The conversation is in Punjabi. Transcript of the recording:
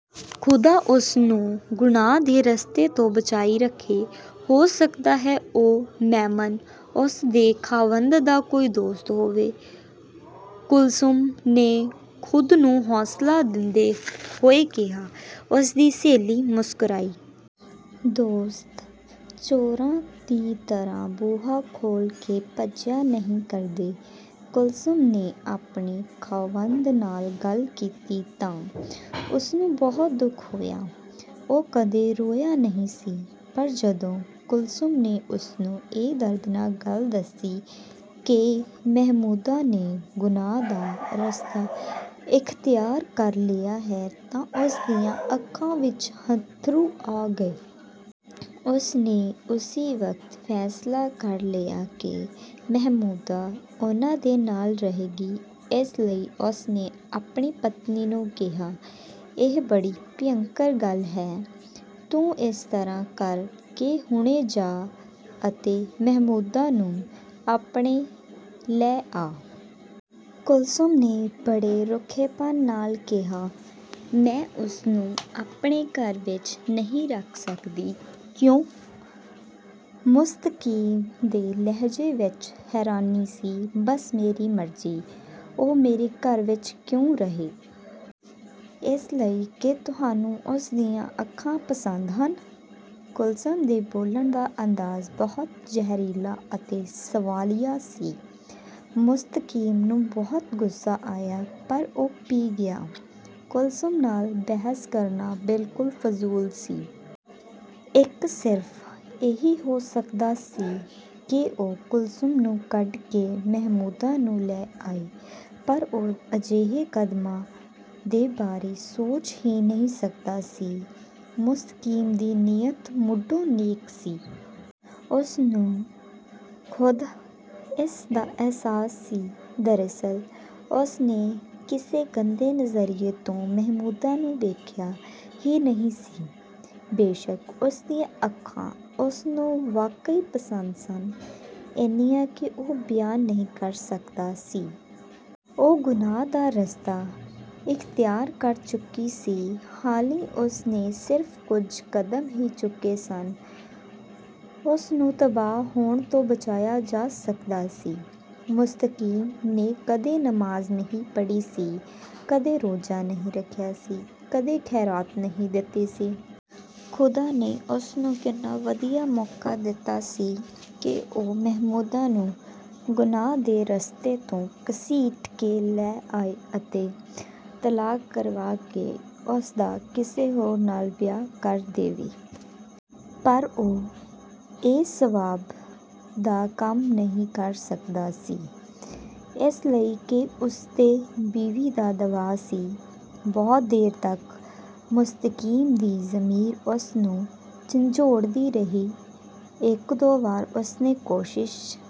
ਖ਼ੁਦਾ ਉਸ ਨੂੰ ਗੁਨਾਹ ਦੇ ਰਸਤੇ ਤੋਂ ਬਚਾਈ ਰੱਖੇ। ਹੋ ਸਕਦਾ ਹੈ ਉਹ ਮੈਮਨ ਉਸ ਦੇ ਖ਼ਾਵੰਦ ਦਾ ਕੋਈ ਦੋਸਤ ਹੋਵੇ। "ਕੁਲਸੁਮ ਨੇ ਖ਼ੁਦ ਨੂੰ ਹੌਸਲਾ ਦਿੰਦੇ ਹੋਏ ਕਿਹਾ। ਉਸ ਦੀ ਸਹੇਲੀ ਮੁਸਕੁਰਾਈ। "ਦੋਸਤ, ਚੋਰਾਂ ਦੀ ਤਰ੍ਹਾਂ ਬੂਹਾ ਖੋਲ੍ਹ ਕੇ ਭੱਜਿਆ ਨਹੀਂ ਕਰਦੇ। "ਕੁਲਸੁਮ ਨੇ ਆਪਣੇ ਖ਼ਾਵੰਦ ਨਾਲ ਗੱਲ ਕੀਤੀ ਤਾਂ ਉਸਨੂੰ ਬਹੁਤ ਦੁੱਖ ਹੋਇਆ। ਉਹ ਕਦੇ ਰੋਇਆ ਨਹੀਂ ਸੀ ਪਰ ਜਦੋਂ ਕੁਲਸੁਮ ਨੇ ਉਸਨੂੰ ਇਹ ਦਰਦਨਾਕ ਗੱਲ ਦੱਸੀ ਕਿ ਮਹਿਮੂਦਾ ਨੇ ਗੁਨਾਹ ਦਾ ਰਸਤਾ ਇਖ਼ਤਿਆਰ ਕਰ ਲਿਆ ਹੈ ਤਾਂ ਉਸ ਦੀਆਂ ਅੱਖਾਂ ਵਿੱਚ ਅੱਥਰੂ ਆ ਗਏ। ਉਸ ਨੇ ਉਸੀ ਵਕਤ ਫੈਸਲਾ ਕਰ ਲਿਆ ਕਿ ਮਹਿਮੂਦਾ ਉਨ੍ਹਾਂ ਦੇ ਨਾਲ ਰਹੇਗੀ, ਇਸ ਲਈ ਉਸ ਨੇ ਆਪਣੀ ਪਤਨੀ ਨੂੰ ਕਿਹਾ। "ਇਹ ਬੜੀ ਭਿਅੰਕਰ ਗੱਲ ਹੈ। ਤੂੰ ਇਸ ਤਰ੍ਹਾਂ ਕਰ ਕਿ ਹੁਣੇ ਜਾ ਅਤੇ ਮਹਿਮੂਦਾ ਨੂੰ ਆਪਣੇ ਲੈ ਆ! " ਕੁਲਸੁਮ ਨੇ ਬੜੇ ਰੁੱਖੇਪਣ ਨਾਲ ਕਿਹਾ "ਮੈਂ ਉਸਨੂੰ ਆਪਣੇ ਘਰ ਵਿੱਚ ਨਹੀਂ ਰੱਖ ਸਕਦੀ। " "ਕਿਉਂ? " ਮੁਸਤਕੀਮ ਦੇ ਲਹਿਜੇ ਵਿੱਚ ਹੈਰਾਨੀ ਸੀ। "ਬਸ, ਮੇਰੀ ਮਰਜ਼ੀ। ਉਹ ਮੇਰੇ ਘਰ ਵਿੱਚ ਕਿਉਂ ਰਹੇ? ਇਸ ਲਈ ਕਿ ਤੁਹਾਨੂੰ ਉਸ ਦੀਆਂ ਅੱਖਾਂ ਪਸੰਦ ਹਨ? " ਕੁਲਸੁਮ ਦੇ ਬੋਲਣ ਦਾ ਅੰਦਾਜ਼ ਬਹੁਤ ਜ਼ਹਿਰੀਲਾ ਅਤੇ ਸਵਾਲੀਆ ਸੀ। ਮੁਸਤਕੀਮ ਨੂੰ ਬਹੁਤ ਗੁੱਸਾ ਆਇਆ, ਪਰ ਉਹ ਪੀ ਗਿਆ। ਕੁਲਸੁਮ ਨਾਲ ਬਹਿਸ ਕਰਨਾ ਬਿਲਕੁਲ ਫ਼ਜ਼ੂਲ ਸੀ। ਇੱਕ ਸਿਰਫ਼ ਇਹੀ ਹੋ ਸਕਦਾ ਸੀ ਕਿ ਉਹ ਕੁਲਸੁਮ ਨੂੰ ਕੱਢ ਕੇ ਮਹਿਮੂਦਾ ਨੂੰ ਲੈ ਆਏ। ਪਰ ਉਹ ਅਜਿਹੇ ਕਦਮਾਂ ਦੇ ਬਾਰੇ ਸੋਚ ਹੀ ਨਹੀਂ ਸਕਦਾ ਸੀ। ਮੁਸਤਕੀਮ ਦੀ ਨੀਅਤ ਮੁਢੋਂ ਨੇਕ ਸੀ। ਉਸ ਨੂੰ ਖ਼ੁਦ ਇਸ ਦਾ ਅਹਿਸਾਸ ਸੀ। ਦਰਅਸਲ ਉਸ ਨੇ ਕਿਸੇ ਗੰਦੇ ਨਜ਼ਰੀਏ ਤੋਂ ਮਹਿਮੂਦਾ ਨੂੰ ਵੇਖਿਆ ਹੀ ਨਹੀਂ ਸੀ। ਬੇਸ਼ਕ ਉਸ ਦੀਆਂ ਅੱਖਾਂ ਉਸ ਨੂੰ ਵਾਕਈ ਪਸੰਦ ਸਨ, ਇੰਨੀਆਂ ਕਿ ਉਹ ਬਿਆਨ ਨਹੀਂ ਕਰ ਸਕਦਾ ਸੀ। ਉਹ ਗੁਨਾਹ ਦਾ ਰਸਤਾ ਇਖ਼ਤਿਆਰ ਕਰ ਚੁੱਕੀ ਸੀ। ਹਾਲੀਂ ਉਸ ਨੇ ਸਿਰਫ ਕੁਝ ਕਦਮ ਹੀ ਚੁੱਕੇ ਸਨ। ਉਸ ਨੂੰ ਤਬਾਹ ਹੋਣ ਤੋਂ ਬਚਾਇਆ ਜਾ ਸਕਦਾ ਸੀ। ਮੁਸਤਕੀਮ ਨੇ ਕਦੇ ਨਮਾਜ਼ ਨਹੀਂ ਪੜ੍ਹੀ ਸੀ, ਕਦੇ ਰੋਜ਼ਾ ਨਹੀਂ ਰੱਖਿਆ ਸੀ, ਕਦੇ ਖ਼ੈਰਾਤ ਨਹੀਂ ਦਿੱਤੀ ਸੀ। ਖ਼ੁਦਾ ਨੇ ਉਸ ਨੂੰ ਕਿੰਨਾ ਵਧੀਆ ਮੌਕਾ ਦਿੱਤਾ ਸੀ ਕਿ ਉਹ ਮਹਿਮੂਦਾ ਨੂੰ ਗੁਨਾਹ ਦੇ ਰਸਤੇ ਤੋਂ ਘਸੀਟ ਕੇ ਲੈ ਆਏ ਅਤੇ ਤਲਾਕ ਕਰਵਾ ਕੇ ਉਸ ਦਾ ਕਿਸੇ ਹੋਰ ਨਾਲ ਵਿਆਹ ਕਰ ਦੇਵੇ। ਪਰ ਉਹ ਇਹ ਸਵਾਬ ਦਾ ਕੰਮ ਨਹੀਂ ਕਰ ਸਕਦਾ ਸੀ। ਇਸ ਲਈ ਕਿ ਉਸਤੇ ਬੀਵੀ ਦਾ ਦਬਾਅ ਸੀ। ਬਹੁਤ ਦੇਰ ਤੱਕ ਮੁਸਤਕੀਮ ਦੀ ਜ਼ਮੀਰ ਉਸ ਨੂੰ ਝੰਜੋੜਦੀ ਰਹੀ। ਇੱਕ ਦੋ ਵਾਰ ਉਸ ਨੇ ਕੋਸ਼ਿਸ਼